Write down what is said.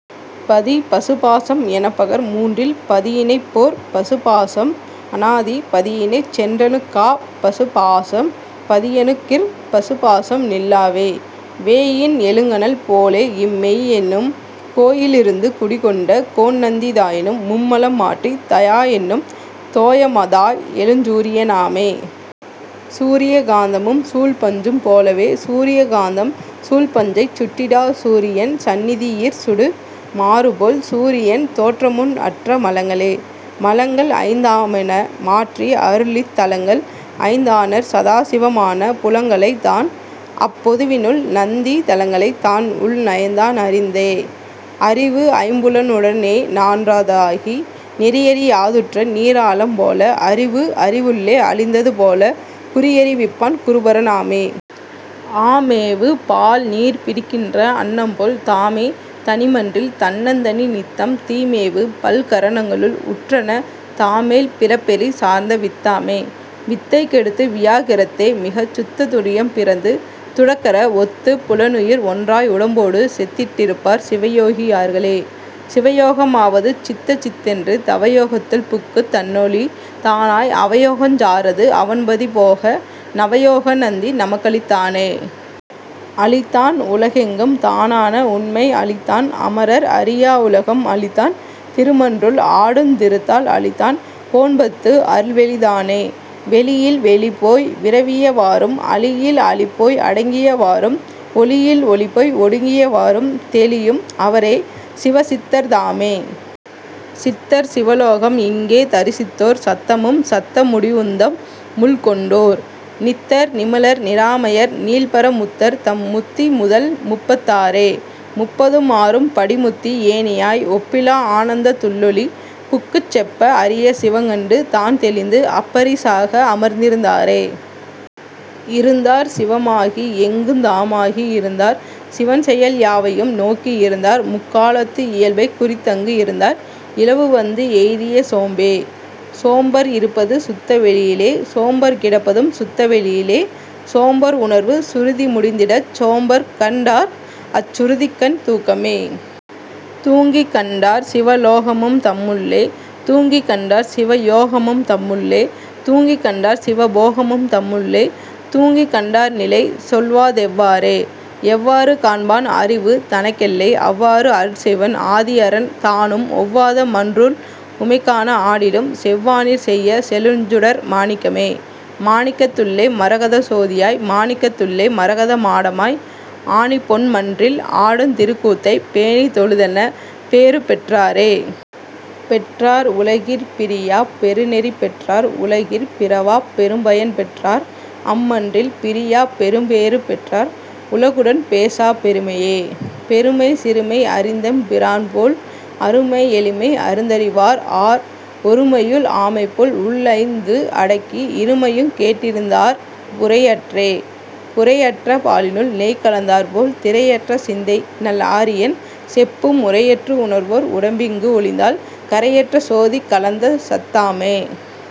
பதிபசு பாசம் எனப்பகர் மூன்றில் பதியினைப் போற்பசு பாசம் அனாதி பதியினைச் சென்றணு காப்பசு பாசம் பதியணு கிற்பசு பாசம் நில் லாவே. வேயின் எழுங்கனல் போலேஇம் மெய்யெனும் கோயி லிருந்து குடிகொண்ட கோன்நந்தி தாயினும் மும்மலம் மாற்றித் தயாஎன்னும் தோயம தாய் எழுஞ் சூரிய னாமே. சூரிய காந்தமும் சூழ்பஞ்சும் போலவே சூரிய காந்தம் சூழ்பஞ்சைச் சுட்டிடா சூரியன் சந்நிதி யிற்சுடு மாறுபோல் சூரியன் தோற்றமுன் அற்ற மலங்களே. மலங்கள்ஐந் தாமென மாற்றி அருளித் தலங்கள்ஐந் தானற் சதாசிவ மான புலங்களைந் தான்அப் பொதுவினுள் நந்தி நலங்களைந் தான்உள் நயந்தான் அறிந்தே. அறிவுஐம் புலனுட னேநான் றதாகி நெறியறி யாதுற்ற நீர்ஆழம் போல அறிவுஅறி வுள்ளே அழிந்தது போலக் குறியறி விப்பான் குருபர னாமே. ஆமேவு பால்நீர் பிரிக்கின்ற அன்னம்போல் தாமே தனிமன்றில் தன்னந் தனிநித்தம் தீமேவு பல்கர ணங்களுள் உற்றன தாமேழ் பிறப்பெரி சார்ந்தவித் தாமே. வித்தைக் கெடுத்து வியாக்கிரத் தேமிகச் சுத்தத் துரியம் பிறந்து துடக்கற ஒத்துப் புலனுயிர் ஒன்றாய் உடம்பொடு செத்திட் டிருப்பார் சிவயோகி யார்களே. சிவயோக மாவது சித்தசித் தென்று தவயோகத் துள்புக்குத் தன்னொளி தானாய் அவயோகஞ் சாராது அவன்பதி போக நவயோக நந்தி நமக்களித் தானே. அளித்தான் உலகெங்கும் தானான உண்மை அளித்தான் அமரர் அறியா உலகம் அளித்தான் திருமன்றுள் ஆடுந் திருத்தாள் அளித்தான் போன்பத்து அருள்வெளி தானே. வெளியில் வெளிபோய் விரவிய வாறும் அளியில் அளிபோய் அடங்கிய வாறும் ஒளியில் ஒளிபோய் ஒடுங்கிய வாறும் தெளியும் அவரே சிவ சித்தர் தாமே. சித்தர் சிவலோகம் இங்கே தரிசித்தோர் சத்தமும் சத்த முடிவுந்தம் முள்கொண்டோ ர் நித்தர் நிமலர் நிராமயர் நீள்பர முத்தர்தம் முத்தி முதல்முப்பத் தாறே. முப்பதும் ஆறும் படிமுத்தி ஏணியாய் ஒப்பிலா ஆனந்தத் துள்ளொளி புக்குச் செப்ப அரிய சிவங்கண்டு தான்தெளிந்து அப்பரி சாக அமர்ந்திருந் தாரே. இருந்தார் சிவமாகி எங்குந் தாமாகி இருந்தார் சிவன்செயல் யாவையும் நோக்கி இருந்தார் முக்காலத்து இயல்பைக் குறித்தங்கு இருந்தார் இழவுவந்து எய்திய சோம்பே. சோம்பர் இருப்பது சுத்த வெளியிலே சோம்பர் கிடப்பதும் சுத்த வெளியிலே சோம்பர் உணர்வு சுருதி முடிந்திடஞ் சோம்பர் கண் டார்அச் சுருதிக்கண் தூக்கமே. தூங்கிக்கண் டார்சிவ லோகமும் தம்முள்ளே தூங்கிக்கண் டார்சிவ யோகமும் தம்முள்ளே தூங்கிக்கண் டார்சிவ போகமும் தம்முள்ளே தூங்கிக்கண் டார்நிலை சொல்வதெவ் வாறே. எவ்வாறு காண்பான் அறிவு தனக்கெல்லை அவ்வாறு அருட்செய்வன் ஆதிஅரன் தானும் ஒவ்வாத மன்றுள் உமைகாண ஆடிடும் செவ்வானிற் செய்ய செழுஞ்சுடர் மாணிக்கமே. மாணிக்கத் துள்ளே மரகதச் சோதியாய் மாணிக்கத் துள்ளே மரகத மாடமாய் ஆணிப்பொன் மன்றில் ஆடுந் திருக்கூத்தைப் பேணித் தொழுதென்ன பேறுபெற் றாரே. பெற்றார் உலகிற் பிரியாப் பெருநெறி பெற்றார் உலகிற் பிறவாப் பெரும்பயன் பெற்றார் அம்மன்றில் பிரியாப் பெரும்பேறு பெற்றார் உலகுடன் பேசாப் பெருமையே. பெருமை சிறுமை அறிந்தெம் பிரான்போல் அருமை எளிமை அறிந்தறி வார்ஆர் ஒருமையுள் ஆமைபோல் உள்ஐந்து அடக்கி இருமையுங் கேட்டிருந் தார்புரை அற்றே. புரைஅற்ற பாலினுள் நெய்கலந் தாற்போல் திரைஅற்ற சிந்தைநல் ஆரியன் செப்பும் உரையற்று உணர்வோர் உடம்பிங்கு ஒழிந்தால் கரையற்ற சோதி கலந்தசத் தாமே.